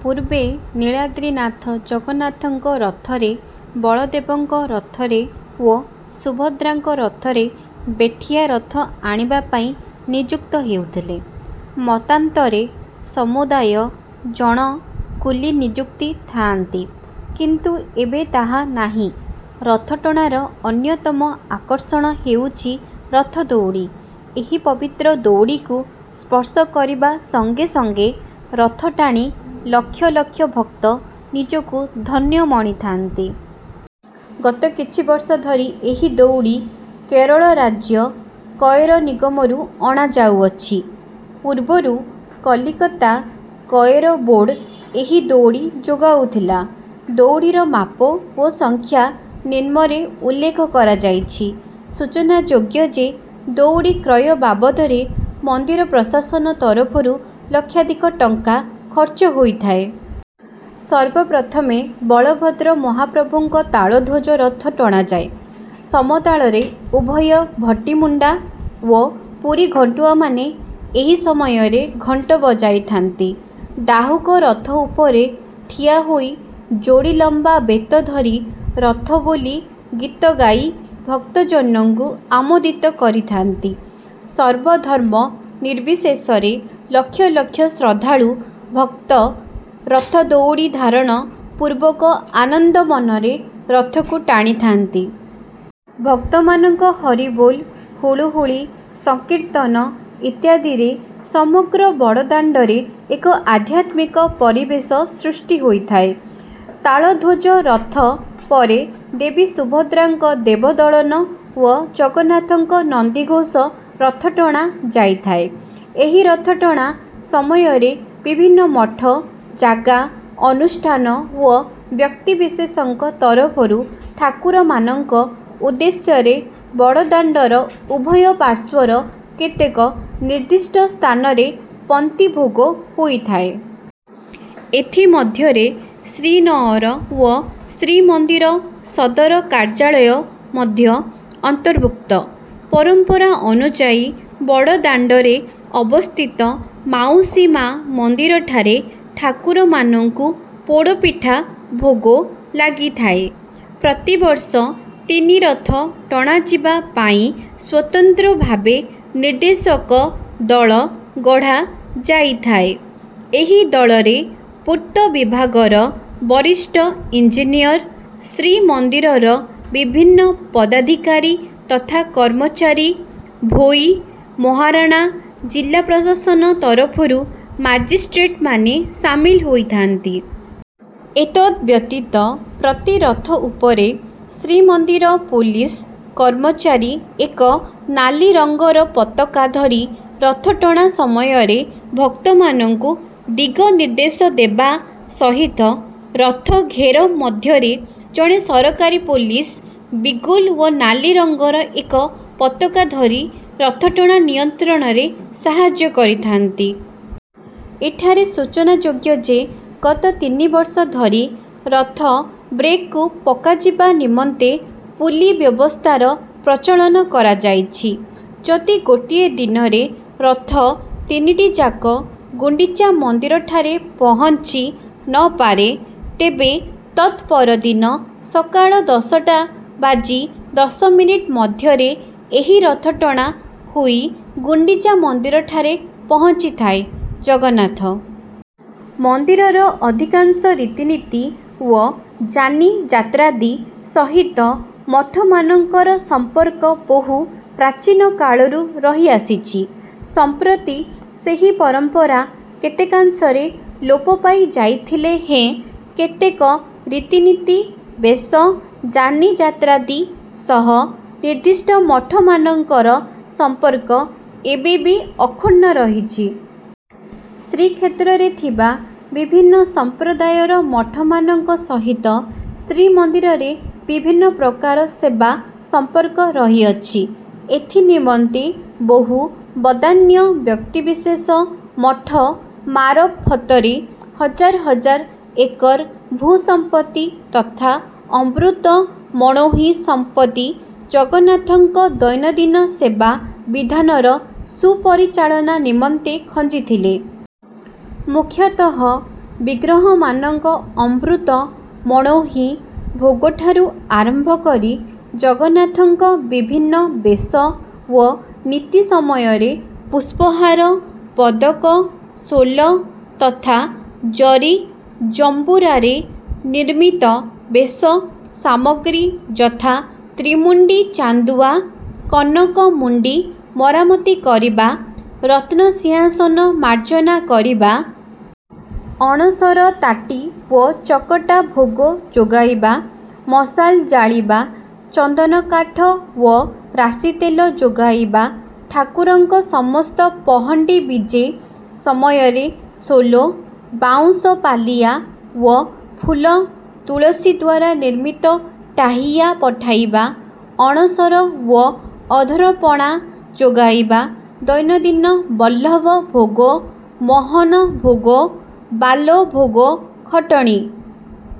ପୂର୍ବେ ନୀଳାଦ୍ରୀନାଥ ଜଗନ୍ନାଥଙ୍କ ରଥରେ, ବଳଦେବଙ୍କ ରଥରେ ଓ ସୁଭଦ୍ରାଙ୍କ ରଥରେ ବେଠିଆ ରଥ ଆଣିବା ପାଇଁ ନିଯୁକ୍ତ ହେଉଥିଲେ। ମତାନ୍ତରେ ସମୁଦାୟ ଜଣ କୁଲି ନିଯୁକ୍ତି ଥାଆନ୍ତି, କିନ୍ତୁ ଏବେ ତାହା ନାହିଁ। ରଥଟଣାର ଅନ୍ୟତମ ଆକର୍ଷଣ ହେଉଛି ରଥ ଦଉଡ଼ି। ଏହି ପବିତ୍ର ଦଉଡ଼ିକୁ ସ୍ପର୍ଶ କରିବା ସଙ୍ଗେ ସଙ୍ଗେ ରଥ ଟାଣି ଲକ୍ଷ ଲକ୍ଷ ଭକ୍ତ ନିଜକୁ ଧନ୍ୟ ମଣିଥାନ୍ତି। ଗତ କିଛି ବର୍ଷ ଧରି ଏହି ଦଉଡ଼ି କେରଳ ରାଜ୍ୟ କଏର ନିଗମରୁ ଆଣାଯାଉଅଛି। ପୂର୍ବରୁ କଲିକତା କଏର ବୋର୍ଡ଼ ଏହି ଦଉଡ଼ି ଯୋଗାଉଥିଲା। ଦଉଡ଼ିର ମାପ ଓ ସଂଖ୍ୟା ନିମ୍ନରେ ଉଲ୍ଲେଖ କରାଯାଇଛି। ସୂଚନାଯୋଗ୍ୟ ଯେ, ଦଉଡ଼ି କ୍ରୟ ବାବଦରେ ମନ୍ଦିର ପ୍ରଶାସନ ତରଫରୁ ଲକ୍ଷାଧିକ ଟଙ୍କା ଖର୍ଚ୍ଚ ହୋଇଥାଏ। ସର୍ବପ୍ରଥମେ ବଳଭଦ୍ର ମହାପ୍ରଭୁଙ୍କ ତାଳଧ୍ୱଜ ରଥ ଟଣାଯାଏ। ସମତାଳରେ ଉଭୟ ଭଟିମୁଣ୍ଡା ଓ ପୁରୀ ଘଣ୍ଟୁଆମାନେ ଏହି ସମୟରେ ଘଣ୍ଟ ବଜାଇଥାନ୍ତି। ଡାହୁକ ରଥ ଉପରେ ଠିଆ ହୋଇ ଯୋଡ଼ି ଲମ୍ବା ବେତ ଧରି ରଥବୋଲି ଗୀତ ଗାଇ ଭକ୍ତଜନଙ୍କୁ ଆମୋଦିତ କରିଥାନ୍ତି। ସର୍ବଧର୍ମ ନିର୍ବିଶେଷରେ ଲକ୍ଷ ଲକ୍ଷ ଶ୍ରଦ୍ଧାଳୁ ଭକ୍ତ ରଥ ଦଉଡ଼ି ଧାରଣ ପୂର୍ବକ ଆନନ୍ଦ ମନରେ ରଥକୁ ଟାଣିଥାନ୍ତି। ଭକ୍ତମାନଙ୍କ ହରିବୋଲ, ହୁଳହୁଳି, ସଂକୀର୍ତ୍ତନ ଇତ୍ୟାଦିରେ ସମଗ୍ର ବଡ଼ଦାଣ୍ଡରେ ଏକ ଆଧ୍ୟାତ୍ମିକ ପରିବେଶ ସୃଷ୍ଟି ହୋଇଥାଏ। ତାଳଧ୍ୱଜ ରଥ ପରେ ଦେବୀ ସୁଭଦ୍ରାଙ୍କ ଦେବଦଳନ ଓ ଜଗନ୍ନାଥଙ୍କ ନନ୍ଦିଘୋଷ ରଥ ଟଣା ଯାଇଥାଏ। ଏହି ରଥ ଟଣା ସମୟରେ ବିଭିନ୍ନ ମଠ, ଜାଗା, ଅନୁଷ୍ଠାନ ଓ ବ୍ୟକ୍ତିବିଶେଷଙ୍କ ତରଫରୁ ଠାକୁରମାନଙ୍କ ଉଦ୍ଦେଶ୍ୟରେ ବଡ଼ଦାଣ୍ଡର ଉଭୟ ପାର୍ଶ୍ୱର କେତେକ ନିର୍ଦ୍ଦିଷ୍ଟ ସ୍ଥାନରେ ପନ୍ତି ଭୋଗ ହୋଇଥାଏ। ଏଥି ମଧ୍ୟରେ ଶ୍ରୀନଅର ଓ ଶ୍ରୀମନ୍ଦିର ସଦର କାର୍ଯ୍ୟାଳୟ ମଧ୍ୟ ଅନ୍ତର୍ଭୁକ୍ତ। ପରମ୍ପରା ଅନୁଯାୟୀ ବଡ଼ଦାଣ୍ଡରେ ଅବସ୍ଥିତ ମାଉସୀ ମା' ମନ୍ଦିରଠାରେ ଠାକୁରମାନଙ୍କୁ ପୋଡ଼ପିଠା ଭୋଗ ଲାଗିଥାଏ। ପ୍ରତିବର୍ଷ ତିନି ରଥ ଟଣାଯିବା ପାଇଁ ସ୍ୱତନ୍ତ୍ର ଭାବେ ନିର୍ଦ୍ଦେଶକ ଦଳ ଗଢ଼ା ଯାଇଥାଏ। ଏହି ଦଳରେ ପୂର୍ତ୍ତ ବିଭାଗର ବରିଷ୍ଠ ଇଞ୍ଜିନିୟର, ଶ୍ରୀମନ୍ଦିରର ବିଭିନ୍ନ ପଦାଧିକାରୀ ତଥା କର୍ମଚାରୀ, ଭୋଇ, ମହାରଣା, ଜିଲ୍ଲା ପ୍ରଶାସନ ତରଫରୁ ମାଜିଷ୍ଟ୍ରେଟମାନେ ସାମିଲ ହୋଇଥାନ୍ତି। ଏତଦ୍ ବ୍ୟତୀତ ପ୍ରତି ରଥ ଉପରେ ଶ୍ରୀମନ୍ଦିର ପୋଲିସ କର୍ମଚାରୀ ଏକ ନାଲି ରଙ୍ଗର ପତାକା ଧରି ରଥଟଣା ସମୟରେ ଭକ୍ତମାନଙ୍କୁ ଦିଗ ନିର୍ଦ୍ଦେଶ ଦେବା ସହିତ ରଥ ଘେର ମଧ୍ୟରେ ଜଣେ ସରକାରୀ ପୋଲିସ ବିଗୁଲ ଓ ନାଲି ରଙ୍ଗର ଏକ ପତାକା ଧରି ରଥଟଣା ନିୟନ୍ତ୍ରଣରେ ସାହାଯ୍ୟ କରିଥାନ୍ତି। ଏଠାରେ ସୂଚନାଯୋଗ୍ୟ ଯେ, ଗତ ତିନି ବର୍ଷ ଧରି ରଥ ବ୍ରେକ୍‌କୁ ପକାଯିବା ନିମନ୍ତେ ପୁଲି ବ୍ୟବସ୍ଥାର ପ୍ରଚଳନ କରାଯାଇଛି। ଯଦି ଗୋଟିଏ ଦିନରେ ରଥ ତିନିଟି ଯାକ ଗୁଣ୍ଡିଚା ମନ୍ଦିରଠାରେ ପହଞ୍ଚି ନ ପାରେ, ତେବେ ତତ୍ ପର ଦିନ ସକାଳ ଦଶଟା ବାଜି ଦଶ ମିନିଟ୍ ମଧ୍ୟରେ ଏହି ରଥଟଣା ହୋଇ ଗୁଣ୍ଡିଚା ମନ୍ଦିରଠାରେ ପହଞ୍ଚିଥାଏ। ଜଗନ୍ନାଥ ମନ୍ଦିରର ଅଧିକାଂଶ ରୀତିନୀତି ଓ ଯାନିଯାତ୍ରାଦି ସହିତ ମଠମାନଙ୍କର ସମ୍ପର୍କ ବହୁ ପ୍ରାଚୀନ କାଳରୁ ରହି ଆସିଛି। ସମ୍ପ୍ରତି ସେହି ପରମ୍ପରା କେତେକାଂଶରେ ଲୋପ ପାଇ ଯାଇଥିଲେ ହେଁ, କେତେକ ରୀତିନୀତି, ବେଶ, ଯାନିଯାତ୍ରାଦି ସହ ନିର୍ଦ୍ଦିଷ୍ଟ ମଠମାନଙ୍କର ସମ୍ପର୍କ ଏବେ ବି ଅକ୍ଷୁଣ୍ଣ ରହିଛି। ଶ୍ରୀକ୍ଷେତ୍ରରେ ଥିବା ବିଭିନ୍ନ ସମ୍ପ୍ରଦାୟର ମଠମାନଙ୍କ ସହିତ ଶ୍ରୀମନ୍ଦିରରେ ବିଭିନ୍ନ ପ୍ରକାର ସେବା ସମ୍ପର୍କ ରହିଅଛି। ଏଥି ନିମନ୍ତେ ବହୁ ବଦାନ୍ୟ ବ୍ୟକ୍ତିବିଶେଷ ମଠ ମାରଫତରେ ହଜାର ହଜାର ଏକର ଭୂ-ସମ୍ପତ୍ତି ତଥା ଅମୃତ ମଣୋହି ସମ୍ପତ୍ତି ଜଗନ୍ନାଥଙ୍କ ଦୈନନ୍ଦିନ ସେବା ବିଧାନର ସୁପରିଚାଳନା ନିମନ୍ତେ ଖଞ୍ଜିଥିଲେ। ମୁଖ୍ୟତଃ ବିଗ୍ରହମାନଙ୍କ ଅମୃତ ମଣୋହି ଭୋଗଠାରୁ ଆରମ୍ଭ କରି ଜଗନ୍ନାଥଙ୍କ ବିଭିନ୍ନ ବେଶ ଓ ନୀତି ସମୟରେ ପୁଷ୍ପହାର, ପଦକ, ସୋଲ ତଥା ଜରି ଜମ୍ବୁରାରେ ନିର୍ମିତ ବେଶ ସାମଗ୍ରୀ ଯଥା ତ୍ରିମୁଣ୍ଡି ଚାନ୍ଦୁଆ, କନକ ମୁଣ୍ଡି ମରାମତି କରିବା, ରତ୍ନ ସିଂହାସନ ମାର୍ଜନା କରିବା, ଅଣସର ତାଟି ଓ ଚକଟା ଭୋଗ ଯୋଗାଇବା, ମଶାଲ ଜାଳିବା, ଚନ୍ଦନ କାଠ ଓ ରାଶି ତେଲ ଯୋଗାଇବା, ଠାକୁରଙ୍କ ସମସ୍ତ ପହଣ୍ଡି ବିଜେ ସମୟରେ ସୋଲ, ବାଉଁଶ ପାଲିଆ ଓ ଫୁଲ ତୁଳସୀ ଦ୍ୱାରା ନିର୍ମିତ ଟାହିୟା ପଠାଇବା, ଅଣସର ଓ ଅଧର ପଣା ଯୋଗାଇବା, ଦୈନନ୍ଦିନ ବଲ୍ଲଭ ଭୋଗ, ମହନ ଭୋଗ, ବାଲ ଭୋଗ, ଖଟଣି।